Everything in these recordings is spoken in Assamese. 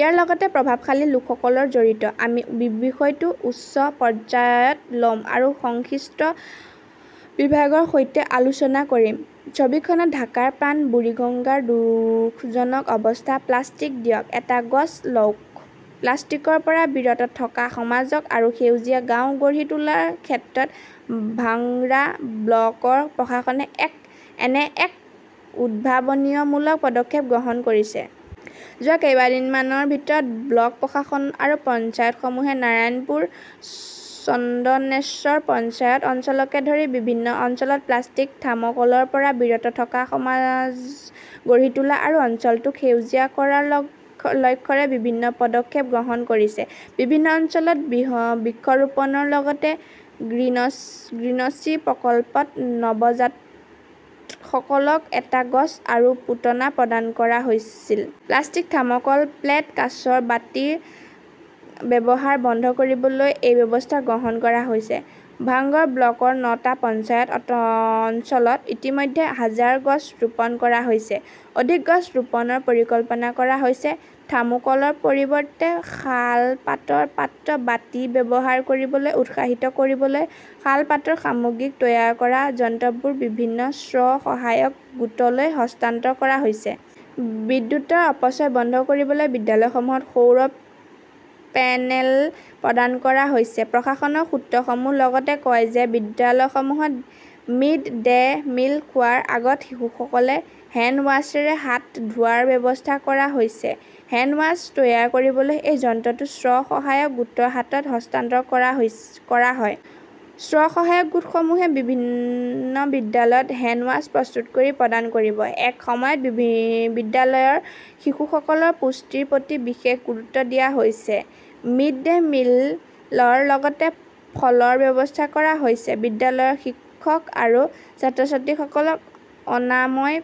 ইয়াৰ লগত প্ৰভাৱশালী লোকসকলও জড়িত। আমি বিষয়টো উচ্চ পৰ্যায়ত ল'ম আৰু সংশ্লিষ্ট বিভাগৰ সৈতে আলোচনা কৰিম। । ছবিখনত ঢাকাৰ প্ৰাণ বুৰিগঙ্গাৰ দুখজনক অৱস্থা 'প্লাষ্টিক দিয়ক, এটা গছ লওক, প্লাষ্টিকৰ পৰা বিৰত থকা সমাজ আৰু সেউজীয়া গাঁও গঢ়ি তোলাৰ ক্ষেত্ৰত ভাংৰা ব্লকৰ প্ৰশাসনে এনে এক উদ্ভাৱনীয়মূলক পদক্ষেপ গ্ৰহণ কৰিছে। যোৱা কেইদিনমানৰ ভিতৰত ব্লক প্ৰশাসন আৰু পঞ্চায়তসমূহে নাৰায়ণপুৰ, চন্দনেশ্বৰ পঞ্চায়ত অঞ্চলকে ধৰি বিভিন্ন অঞ্চলত প্লাষ্টিক, থাৰ্ম'কলৰ পৰা বিৰত থকা সমাজ গঢ়ি তোলা আৰু অঞ্চলটোত সেউজীয়া কৰাৰ লক্ষ্যৰে বিভিন্ন পদক্ষেপ গ্ৰহণ কৰিছে। বিভিন্ন অঞ্চলত বৃক্ষৰোপণৰ লগতে গ্ৰীণশ্ৰী প্ৰকল্পত নৱজাতকসকলক এটা গছ আৰু পুতলা প্ৰদান কৰা হৈছিল। প্লাষ্টিক, থাৰ্ম 'কল প্লেট, কাঁচৰ বাটিৰ ব্যৱহাৰ বন্ধ কৰিবলৈ এই ব্যৱস্থা গ্ৰহণ কৰা হৈছে। ভাংৰ ব্লকৰ নটা পঞ্চায়ত অঞ্চলত ইতিমধ্যে হাজাৰ গছ ৰোপণ কৰা হৈছে। অধিক গছ ৰোপণৰ পৰিকল্পনা কৰা হৈছে। থাৰ্মোক্লৰ পৰিৱৰ্তে শালপাতৰ পাত্ৰ, বাটি ব্যৱহাৰ কৰিবলৈ উৎসাহিত কৰিবলৈ শালপাতৰ সামগ্ৰী তৈয়াৰ কৰা যন্ত্ৰবোৰ বিভিন্ন স্ব-সহায়ক গোটলৈ হস্তান্তৰ কৰা হৈছে। বিদ্যুৎৰ অপচয় বন্ধ কৰিবলৈ বিদ্যালয়সমূহত সৌৰ পেনেল প্ৰদান কৰা হৈছে। প্ৰশাসনৰ সূত্ৰসমূহে লগতে কয় যে, বিদ্যালয়সমূহত মিড -ডে মিল খোৱাৰ আগতে শিশুসকলে হেণ্ড ৱাশ্বৰেৰে হাত ধোৱাৰ ব্যৱস্থা কৰা হৈছে। হেণ্ড ৱাছ তৈয়াৰ কৰিবলৈ এই যন্ত্ৰটো স্ব-সহায়ক গোটৰ হাতত হস্তান্তৰ কৰা হয়। স্ব-সহায়ক গোটসমূহে বিভিন্ন বিদ্যালয়ত হেণ্ড ৱাছ প্ৰস্তুত কৰি প্ৰদান কৰিব। একে সময়তে বিদ্যালয়ৰ শিশুসকলৰ পুষ্টিৰ প্ৰতি বিশেষ গুৰুত্ব দিয়া হৈছে। মিড ডে মিলৰ লগতে ফলৰ ব্যৱস্থা কৰা হৈছে। বিদ্যালয়ৰ শিক্ষক আৰু ছাত্ৰ-ছাত্ৰীসকলক অনাময়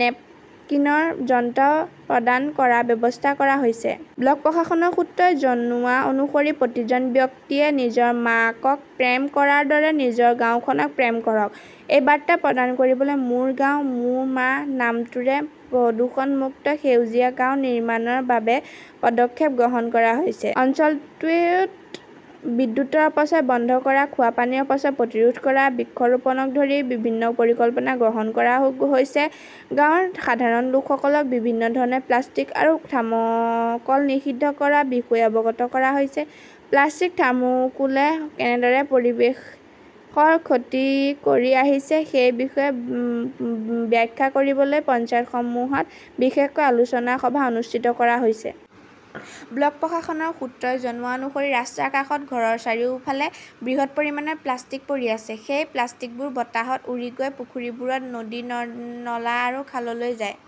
নেপকিনৰ যন্ত্ৰ প্ৰদান কৰাৰ ব্যৱস্থা কৰা হৈছে। ব্লক প্ৰশাসনৰ সূত্ৰই জনোৱা অনুসৰি প্ৰতিজন ব্যক্তিয়ে নিজৰ মাকক প্ৰেম কৰাৰ দৰে নিজৰ গাওঁখনক প্ৰেম কৰক। এই বাৰ্তা প্ৰদান কৰিবলৈ 'মোৰ গাওঁ, মোৰ মা' নামটোৰে প্ৰদূষণ-মুক্ত, সেউজীয়া গাঁও নিৰ্মাণৰ বাবে পদক্ষেপ গ্ৰহণ কৰা হৈছে। অঞ্চলটোত বিদ্যুৎৰ অপচয় বন্ধ কৰা, খোৱা পানীৰ অপচয় প্ৰতিৰোধ কৰা, বৃক্ষৰোপণকে ধৰি বিভিন্ন পৰিকল্পনা গ্ৰহণ কৰা হৈছে। গাঁৱৰ সাধাৰণ লোকসকলক বিভিন্ন ধৰণে প্লাষ্টিক আৰু থৰ্ম'কল নিষিদ্ধ কৰাৰ বিষয়ে অৱগত কৰা হৈছে। প্লাষ্টিক, থাৰ্মোকোলে কেনেদৰে পৰিৱেশৰ ক্ষতি কৰি আছে সেই বিষয়ে ব্যাখ্যা কৰিবলৈ পঞ্চায়তসমূহত বিশেষ আলোচনা সভা অনুষ্ঠিত কৰা হৈছে। ব্লক প্ৰশাসনৰ সূত্ৰই জনোৱা অনুসৰি ৰাস্তাৰ কাষত, ঘৰৰ চাৰিওফালে বৃহৎ পৰিমাণৰ প্লাষ্টিক পৰি আছে। সেই প্লাষ্টিকবোৰ বতাহত উৰি গৈ পুখুৰীবোৰত নদী, নলা আৰু খাললৈ যায়।